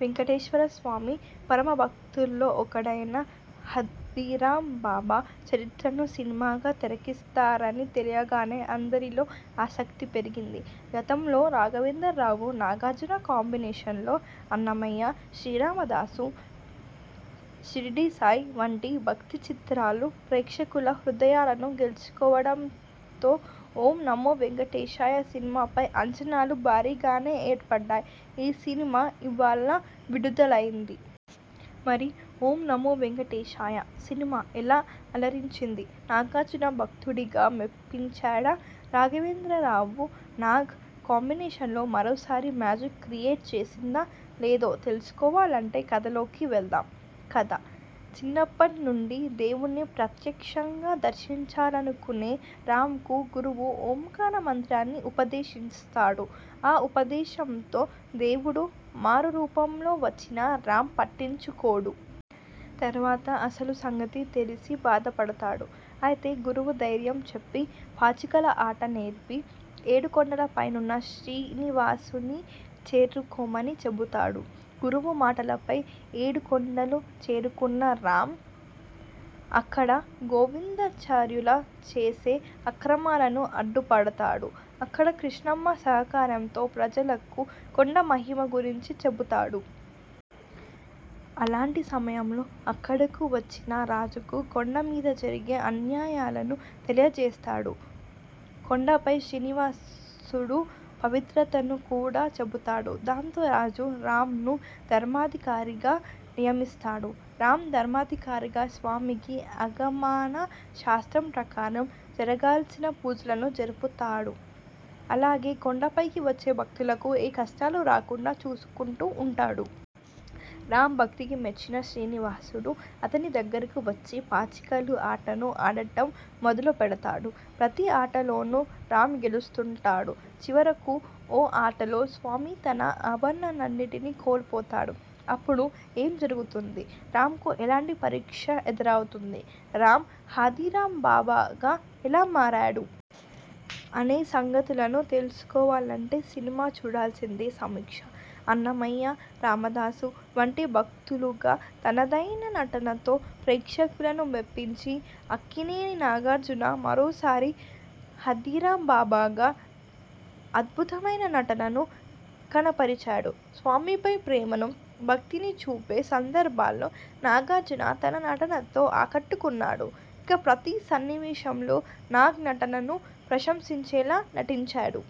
వెంకటేశ్వర స్వామి పరమభక్తుల్లో ఒకడైన హథీరాంబాబా చరిత్రను సినిమాగా తెరకెక్కిస్తారని తెలియగానే అందరిలో ఆసక్తి పెరిగింది. గతంలో రాఘవేంద్రరావు, నాగార్జున కాంబినేషన్లో అన్నమయ్య, శ్రీరామదాసు, శిరిడీసాయి వంటి భక్తి చిత్రాలు ప్రేక్షకుల హృదయాలను గెలుచుకోవడంతో ఓం నమో వేంకటేశాయ సినిమాపై అంచనాలు భారీగానే ఏర్పడ్డాయి. ఈ సినిమా ఇవాళ విడుదలైంది. మరి ఓం నమోవేంకటేశాయ సినిమా ఎలా అలరించింది? నాగార్జున భక్తుడుగా మెప్పించాడా? రాఘవేంద్రరావు, నాగ్ కాంబినేషన్ మరోసారి మ్యాజిక్ క్రియేట్ చేసిందా లేదో తెలుసుకోవాలంటే కథలోకి వెళదాం కథ: చిన్నప్పట్నుంచి దేవుణ్ణి ప్రత్యక్షంగా దర్శించాలనుకునే రాంకు గురువు ఓంకార మంత్రాన్ని ఉపదేశిస్తాడు. ఆ ఉపదేశంతో దేవుడు మారు రూపంలో వచ్చినా రాం పట్టించుకోడు. తర్వాత అసలు సంగతి తెలిసి బాధపడతాడు. అయితే గురువు ధైర్యం చెప్పి, పాచికల ఆట నేర్పి, ఏడు కొండలు పైనున్న శ్రీనివాసుడిని చేరుకోమని చెబుతాడు. గురువు మాటపై ఏడు కొండలు చేరుకున్న రాం అక్కడ గోవిందాచార్యులు చేసే అక్రమాలకు అడ్డుపడతాడు. అక్కడ కృష్ణమ్మ సహకారంతో ప్రజలకు కొండ మహిమ గురించి చెబుతుంటాడు. అలాంటి సమయంలో అక్కడకు వచ్చిన రాజుకు కొండ మీద జరిగే అన్యాయాలను తెలియజేస్తాడు. కొండపై శ్రీనివాసుడు పవిత్రతను కూడా చెబుతాడు. దాంతో రాజు రాంను ధర్మాధికారిగా నియమిస్తాడు. రాం ధర్మాధికారిగా స్వామికి ఆగమన శాస్త్రం ప్రకారం జరిగాల్సిన పూజలను జరుపుతుంటాడు. అలాగే కొండపైకి వచ్చే భక్తులకు ఏ కష్టాలు రాకుండా చూసుకుంటూ ఉంటాడు. రాం భక్తకి మెచ్చిన శ్రీనివాసుడు, అతని దగ్గరకు వచ్చి పాచికలు ఆటను ఆడటం మొదలుపెడతాడు. ప్రతి ఆటలోనూ రాం గెలుస్తుంటాడు. చివరకు ఓ ఆటలో స్వామి తన ఆభరణాలన్నింటినీ కోల్పోతాడు. అప్పుడు ఏం జరుగుతుంది? రాంకు ఎలాంటి పరీక్షలు ఎదురవుతాయి? రాం హథీరాంబాబాగా ఎలా మారాడు? అనే సంగతులను తెలుసుకోవాలంటే సినిమా చూడాల్సిందే సమీక్ష: అన్నమయ్య, రామదాసు వంటి భక్తులుగా తనదైన నటనతో ప్రేక్షకులను మెప్పించిన అక్కినేని నాగార్జున మరోసారి హథీరాం బాబాగా అద్భుతమైన నటనను కనపరిచాడు. స్వామిపై ప్రేమను, భక్తిని చూపే సందర్భాల్లో నాగార్జున తన నటనతో ఆకట్టుకున్నాడు. ఇక ప్రతి సన్నివేశంలో నాగ్ నటనను ప్రశంశించేలా నటించాడు.